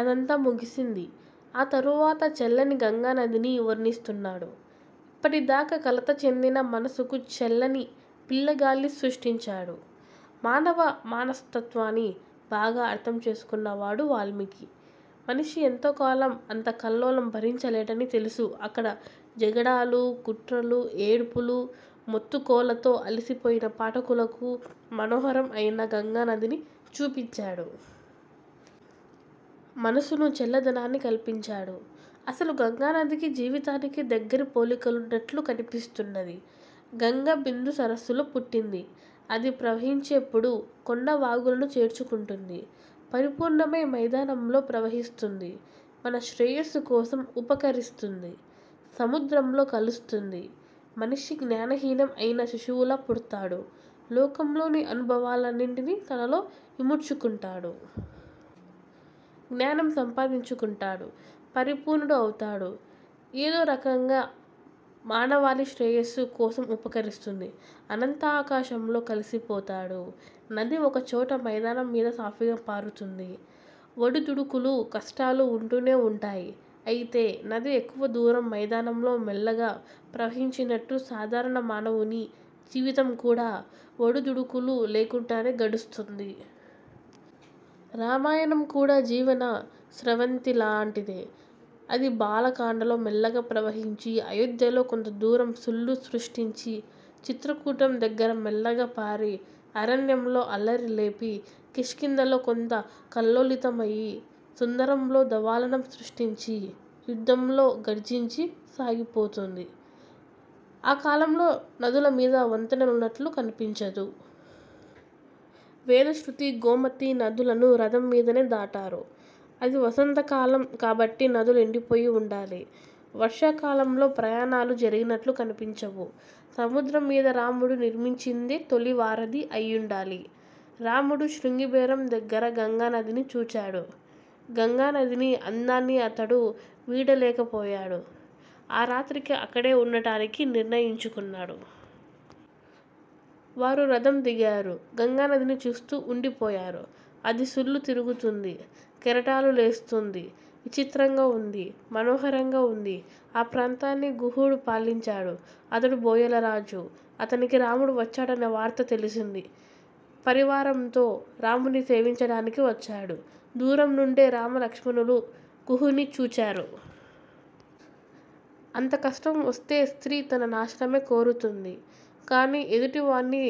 అదంతా ముగిసింది. ఆ తరువాత చల్లని గంగానదిని వర్ణిస్తున్నాడు. ఇప్పటిదాక కలత చెందిన మనసుకు చల్లని పిల్లగాలి సృష్టించాడు. మానవ మనస్తత్వాన్ని బాగా అర్థం చేసుకున్నవాడు వాల్మీకి. మనిషి ఎంతోకాలం అంత కల్లోలం భరించలేడని తెలుసు అక్కడ జగడాలు, కుట్రలు, ఏడ్పులు, మొత్తుకోళ్లతో అలసిపోయిన పాఠకులకు మనోహరం అయిన గంగానదిని చూపించాడు. మనసుకు చల్లదనాన్ని కల్పించాడు. అసలు గంగానదికీ జీవితానికీ దగ్గరి పోలికలున్నట్లు కనిపిస్తున్నది. గంగ బిందుసరస్సులో పుట్టింది. అది ప్రవహించేప్పుడు కొండవాగులను చేర్చుకుంటుంది. పరిపూర్ణమై మైదానంలో ప్రవహిస్తుంది. మన శ్రేయస్సుకోసం ఉపకరిస్తుంది. సముద్రంలో కలుస్తుంది. మనిషి జ్ఞానహీనం అయిన శిశువులా పుడ్తాడు. లోకంలోని అనుభవాలన్నింటిని తనలో ఇముడ్చుకుంటాడు. జ్ఞానం సంపాదించుకుంటాడు. పరిపూర్ణుడు అవుతాడు. ఏదోరకంగా మానవాళి శ్రేయస్సు కోసం ఉపకరిస్తుంది. అనంతాకాశంలో కలిసిపోతాడు. నది ఒకచోట మైదానం మీద సాఫీగా పారుతుంది. ఒడుదుడుకులూ, కష్టాలూ ఉంటూనే ఉంటాయి. అయితే నది ఎక్కువ దూరం మైదానంలో మెల్లగా ప్రవహించినట్టు సాధారణ మానవుని జీవితం కూడ ఒడుదుడుకులు లేకుండానే గడుస్తుంది. రామాయణం కూడా జీవన స్రవంతిలాంటిదే. అది బాలకాండలో మెల్లగా ప్రవహించి, అయోధ్యలో కొంతదూరం సుళ్ళు సృష్టించి, చిత్రకూటం దగ్గర మెల్లగా పారి, అరణ్యంలో అల్లరి లేపి కిష్కింధలో కొంత కల్లోలితం అయి, సుందరంలో దవాలనం సృష్టించి, యుద్ధంలో గర్జించి సాగిపోతుంది. ఆ కాలంలో నదులమీద వంతెనలున్నట్లు కనిపించదు. వేదశృతి, గోమతి నదులను రథం మీదనే దాటారు. అది వసంతకాలం కాబట్టి నదులు ఎండిపోయి ఉండాలి. వర్షాకాలంలో ప్రయాణాలు జరిగినట్లు కనిపించవు. సముద్రం మీద రాముడు నిర్మించిందే తొలి వారధి అయ్యుండాలి. రాముడు శృంగిబేరం దగ్గర గంగానదిని చూచాడు. గంగానదిని అందాన్ని అతడు వీడలేకపోయాడు. ఆరాత్రికి అక్కడే ఉండటానికి నిర్ణయించుకున్నాడు. వారు రథం దిగారు. గంగానదిని చూస్తూ ఉండిపోయారు. అది సుళ్ళు తిరుగుతూంది, కెరటాలు లేస్తూంది. విచిత్రంగా ఉంది. మనోహరంగా ఉంది. ఆ ప్రాంతాన్ని గుహుడు పాలించాడు. అతడు బోయలరాజు. అతనికి రాముడు వచ్చాడనే వార్త తెలిసింది. పరివారంతో రాముని సేవించడానికి వచ్చాడు. దూరంనుండే రామలక్ష్మణులు గుహుని చూచారు. అంత కష్టం వస్తే స్త్రీ తన నాశనమే కోరుతుంది. కాని ఎదుటివాణ్ణి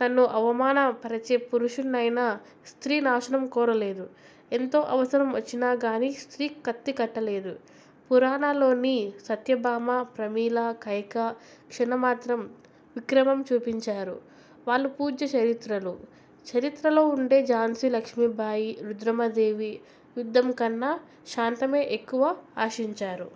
తన్ను అవమానపరచే పురుషుణ్ణయినా, స్త్రీ నాశనం కోరలేదు. ఎంతో అవసరం వచ్చినాగాని స్త్రీ కత్తికట్టలేదు. పూరాణాల్లోని సత్యభామ, ప్రమీల, కైక క్షణమాత్రం విక్రమం చూపించారు. వాళ్ళు పూజ్య చరిత్రలు. చరిత్రలో ఉండే ఝాన్సీలక్ష్మీబాయి, రుద్రమదేవి యుద్ధంకన్న శాంతమే యెక్కువ ఆశించారు.